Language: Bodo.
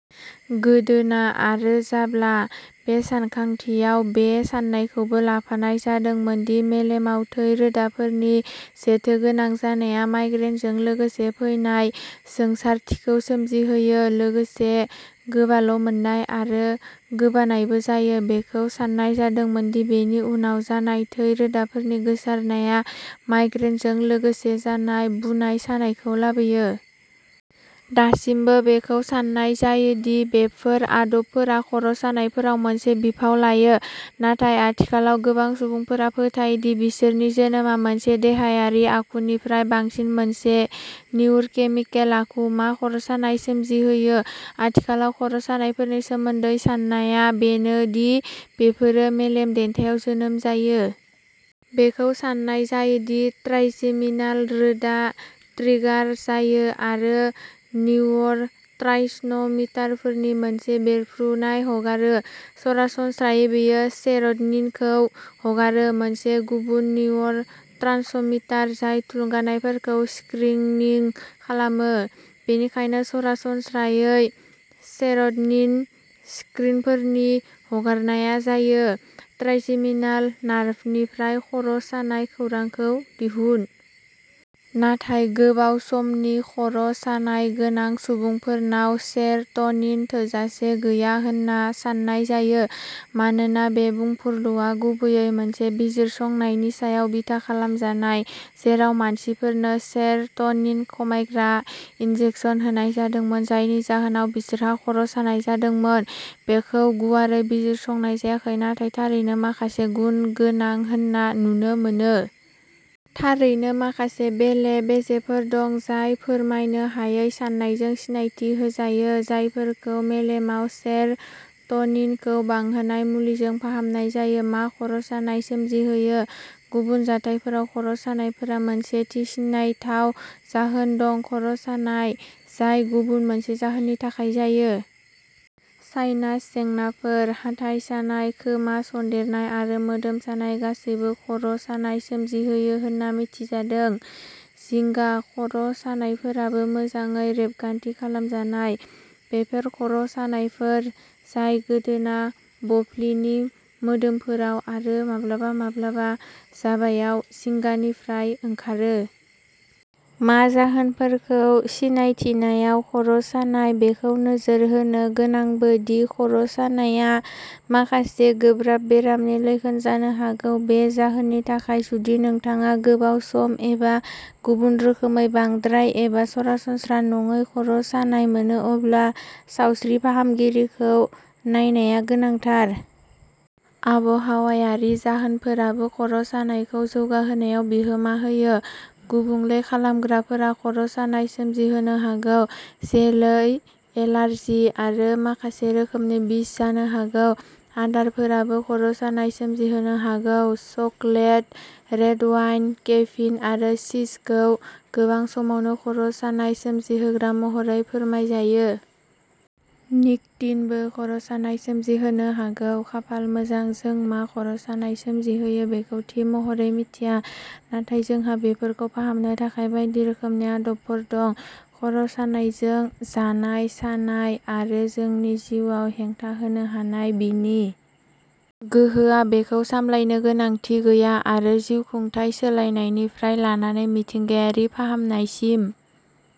गोदोना आरो जाब्ला। बे सानखांथियाव बे साननायखौबो लाफानाय जादोंमोन दि मेलेमाव थै रोदाफोरनि जेथोगोनां जानाया माइग्रेनजों लोगोसे फैनाय जोंसारथिखौ सोमजिहोयो, लोगोसे गोबाल'मोननाय आरो गोबानायबो जायो। बेखौ साननाय जादोंमोन दि बेनि उनाव जानाय थै रोदाफोरनि गोसारनाया माइग्रेनजों लोगोसे जानाय बुनाय सानायखौ लाबोयो। दासिमबो बेखौ साननाय जायो दि बेफोर आदबफोरा खर'सानायफोराव मोनसे बिफाव लायो, नाथाय आथिखालाव गोबां सुबुंफोरा फोथायो दि बिसोरनि जोनोमा मोनसे देहायारि आखुनिख्रुइ बांसिन मोनसे निउर'केमिकेल आखु। मा खर'सानाय सोमजिहोयो? आथिखालाव खर'सानायफोरनि सोमोन्दै साननाया बेनो दि बेफोरो मेलेम देन्थायाव जोनोम जायो। बेखौ साननाय जायो दि ट्राइजेमिनाल रोदा ट्रिगार जायो आरो निउर'ट्रायसनमिटारफोरनि मोनसे बेरफ्रुनाय हगारो। सरासनस्रायै, बेयो सेर'ट'निनखौ हगारो, मोनसे गुबुन निउर'ट्रान्समिटार जाय थुलुंगानायफोरखौ "स्क्रिनिं" खालामो। बेनिखायनो, सरासनस्रायै, सेर'ट'निन स्क्रिनफोरनि हगारनाया जायो। ट्राइजेमिनाल नार्भनिफ्राय "खर" सानाय खौरां "खौ दिहुन। नाथाय, गोबाव समनि खर" सानाय गोनां सुबुंफोरनाव सेर "टनिन थोजासे गैया होनना साननाय जायो। मानोना बे बुंफुरलुआ गुबैयै मोनसे बिजिरसंनायनि सायाव बिथा खालामजानाय जेराव मानसिफोरनो सेर" टनिन-खमायग्रा इन्जेक्सन होनाय जादोंमोन, जायनि जाहोनाव बिसोरहा खर "सानाय जादोंमोन, बेखौ गुवारै बिजिरसंनाय जायाखै, नाथाय थारैनो माखासे गुन गोनां होनना नुनो मोनो। थारैनो, माखासे बेले-बेजेफोर दं जाय फोरमायनो हायै सानायजों सिनायथि होजायो जायफोरखौ मेलेमाव सेर" टनिनखौ बांहोनाय मुलिजों फाहामनाय जायो। मा खर "सानाय सोमजिहोयो? गुबुन जाथायफोराव, खर" सानायफोरा मोनसे थि सिनायथाव जाहोन दं खर "सानाय जाय गुबुन मोनसे जाहोननि थाखाय जायो। साइनास जेंनाफोर, हाथाइ सानाय, खोमा सन्देरनाय आरो मोदोम सानाय गासैबो खर" सानाय सोमजिहोयो होनना मिथिजादों। जिंगा खर "सानायफोराबो मोजाङै रेबगान्थि खालामजानाय। बेफोर खर" सानायफोर जाय गोदोना बबफ्लिनि मोदोमफोराव आरो माब्लाबा-माब्लाबा जाबायाव जिंगानिफ्राय ओंखारो। मा जाहोनफोरखौ सिनायथिनायाव। खर "सानाय, बेखौ नोजोर होनो गोनांबो दि खर" सानायआ माखासे गोब्राब बेरामनि लैखोन जानो हागौ। बे जाहोननि थाखाय, जुदि नोंथाङा गोबाव सम एबा गुबुन रोखोमै बांद्राय एबा सरासनस्रा नङै खर "सानाय मोनो, अब्ला सावस्रि फाहामगिरिखौ नायनाया गोनांथार। आबहावायारि जाहोनफोराबो खर" सानायखौ जौगाहोनायाव बिहोमा होयो। गुबुंले खालामग्राफोरा खर "सानाय सोमजिहोनो हागौ, जेरै एलार्जि आरो माखासे रोखोमनि बिस जानो हागौ। आदारफोराबो खर" सानाय सोमजिहोनो हागौ। चकलेट, रेड वाइन, केफिन आरो चीजखौ गोबां समावनो खर "सानाय सोमजिहोग्रा महरै फोरमायजायो। निक'टिन बो खर'सानाय सोमजिहोनो हागौ। खाफाल मोजां, जों मा खर'सानाय सोमजिहोयो बेखौ थि महरै मिथिया, नाथाय जोंहा बेफोरखौ फाहामनो थाखाय बायदि रोखोमनि आदबफोर दं। खर'सानायजों जानाय सानाय-आरो जोंनि जिउआव हेंथा होनो हानाय बिनि -- गोहोआ-बेखौ सामलायनो गोनांथि गैया, आरो जिउखुंथाय सोलायनायनिफ्राय लानानै मिथिंगायारि फाहामनायसिम,